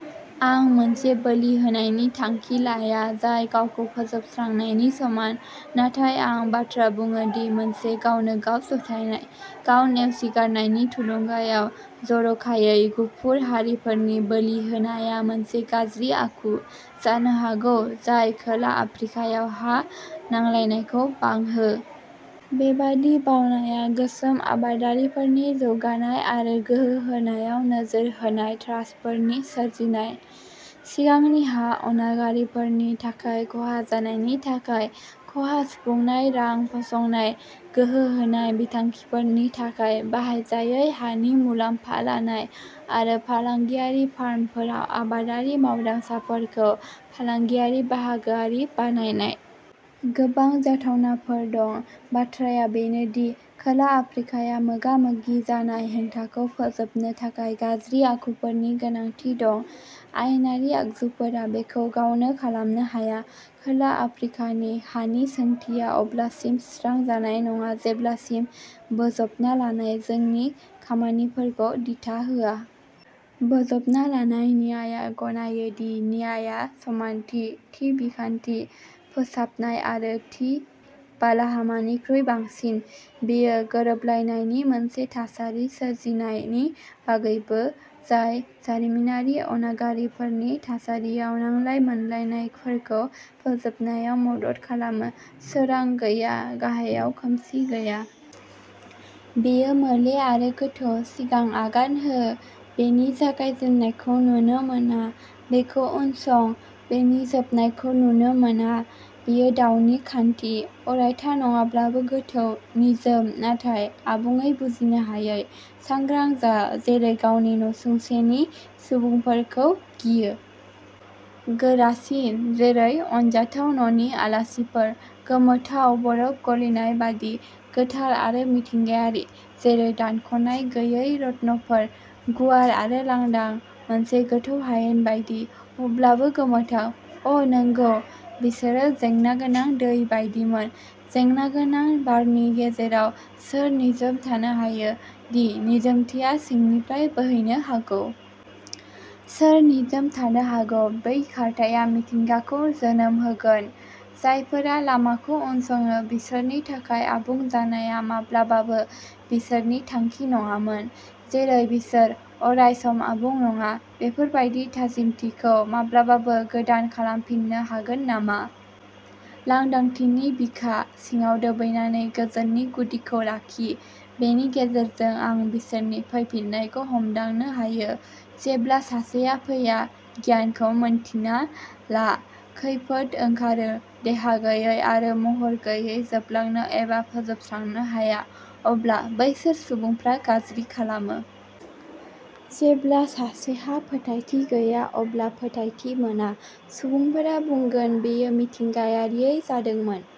आं मोनसे बोलि होनायनि थांखि लाया जाय गावखौ फोजोबस्रांनायनि समान, नाथाय आं बाथ्रा बुङो दि मोनसे गावनो-गाव जथायनाय। गाव-नेवसिगारनायनि थुलुंगायाव जर'खायै गुफुर हारिफोरनि बोलि होनाया मोनसे गाज्रि आखु जानो हागौ जाय खोला आफ्रिकायाव हा नांलायनायखौ बांहो। बेबादि बावनाया गोसोम आबादारिफोरनि जौगानाय आरो गोहो होनायाव नोजोर होनाय ट्रास्टफोरनि सोरजिनाय; सिगांनि हा अनागारिफोरनि थाखाय खहा जानायनि थाखाय खहा सुफुंनाय रां फसंनाय; गोहो होनाय बिथांखिफोरनि थाखाय बाहायजायै हानि मुलाम्फा लानाय; आरो फालांगियारि फार्मफोराव आबादारि मावदांसाफोरखौ फालांगियारि बाहागोआरि बानायनाय। गोबां जाथावनाफोर दं। बाथ्राआ बेनो दि खोला आफ्रिकाया मोगा-मोगि जानाय हेंथाखौ फोजोबनो थाखाय गाज्रि आखुफोरनि गोनांथि दं। आयेनारि आगजुफोरा बेखौ गावनो खालामनो हाया। खोला आफ्रिकानि हानि सोंथिया अब्लासिम सुस्रां जानाय नङा जेब्लासिम बोजबना लानाय जोंनि खामानिफोरखौ दिथा होआ। बोजबना लानाय न्यायआ गनायो दि न्यायआ समानथि, थि बिखान्थि, फोसाबनाय आरो थि बालाहामानिख्रुइ बांसिन; बेयो गोरोबलायनायनि मोनसे थासारि सोरजिनायनि बागैबो जाय जारिमिनारि अनागारिफोरनि थासारियाव नांलाय-मोनलायफोरखौ फोजोबनायाव मदद खालामो। सोरां गैया; गाहायाव, खोमसि गैया। बेयो मोले आरो गोथौ। सिगां आगान हो, बेनि जागायजेन्नायखौ नुनो मोना; बेखौ उनसं, बेनि जोबनायखौ नुनो मोना। बेयो दावनि खान्थि। अरायथा नङाब्लाबो गोथौ, निजोम नाथाय आबुङै बुजिनो हायै। सांग्रां जा, जेरै गावनि नसुंसेनि सुबुंफोरखौ गियो। गोरासिन, जेरै अनजाथाव न'नि आलासिफोर। गोमोथाव, बरफ गलिनाय बायदि। गोथार आरो मिथिंगायारि, जेरै दानख'नाय गैयै रत्नफोर। गुवार आरो लांदां, मोनसे गोथौ हायेन बायदि। अब्लाबो गोमोथाव, अ'नंगौ, बिसोरो जेंनागोनां दै बायदिमोन। जेंनागोनां बारनि गेजेराव सोर निजोम थानो हायो, दि निजोमथिया सिंनिफ्राय बोहैनो हागौ? सोर निजोम थानो हागौ, बै खारथाया मिथिंगाखौ जोनोम होगोन? जायफोरा लामाखौ उनसङो, बिसोरनि थाखाय आबुं जानाया माब्लाबाबो बिसोरनि थांखि नङामोन। जेरै बिसोर अरायसम आबुं नङा, बेफोर बायदि थाजिमथिखौ माब्लाबाबो गोदान खालामफिननो हागोन नामा। लांदांथिनि बिखा सिङाव दोबैनानै, गोजोननि गुदिखौ लाखि। बेनि गेजेरजों आं बिसोरनि फैफिन्नायखौ हमदांनो हायो। जेब्ला सासेया फैया। गियानखौ मिन्थिना ला, खैफोद ओंखारो! देहा गैयै आरो महर गैयै, जोबलांनो एबा फोजोबस्रांनो हाया। अब्ला बैसोर सुबुंफ्रा गाज्रि खालामो। जेब्ला सासेहा फोथायथि गैया, अब्ला फोथायथि मोना। सुबुंफोरा बुंगोन बेयो मिथिंगायारियै जादोंमोन।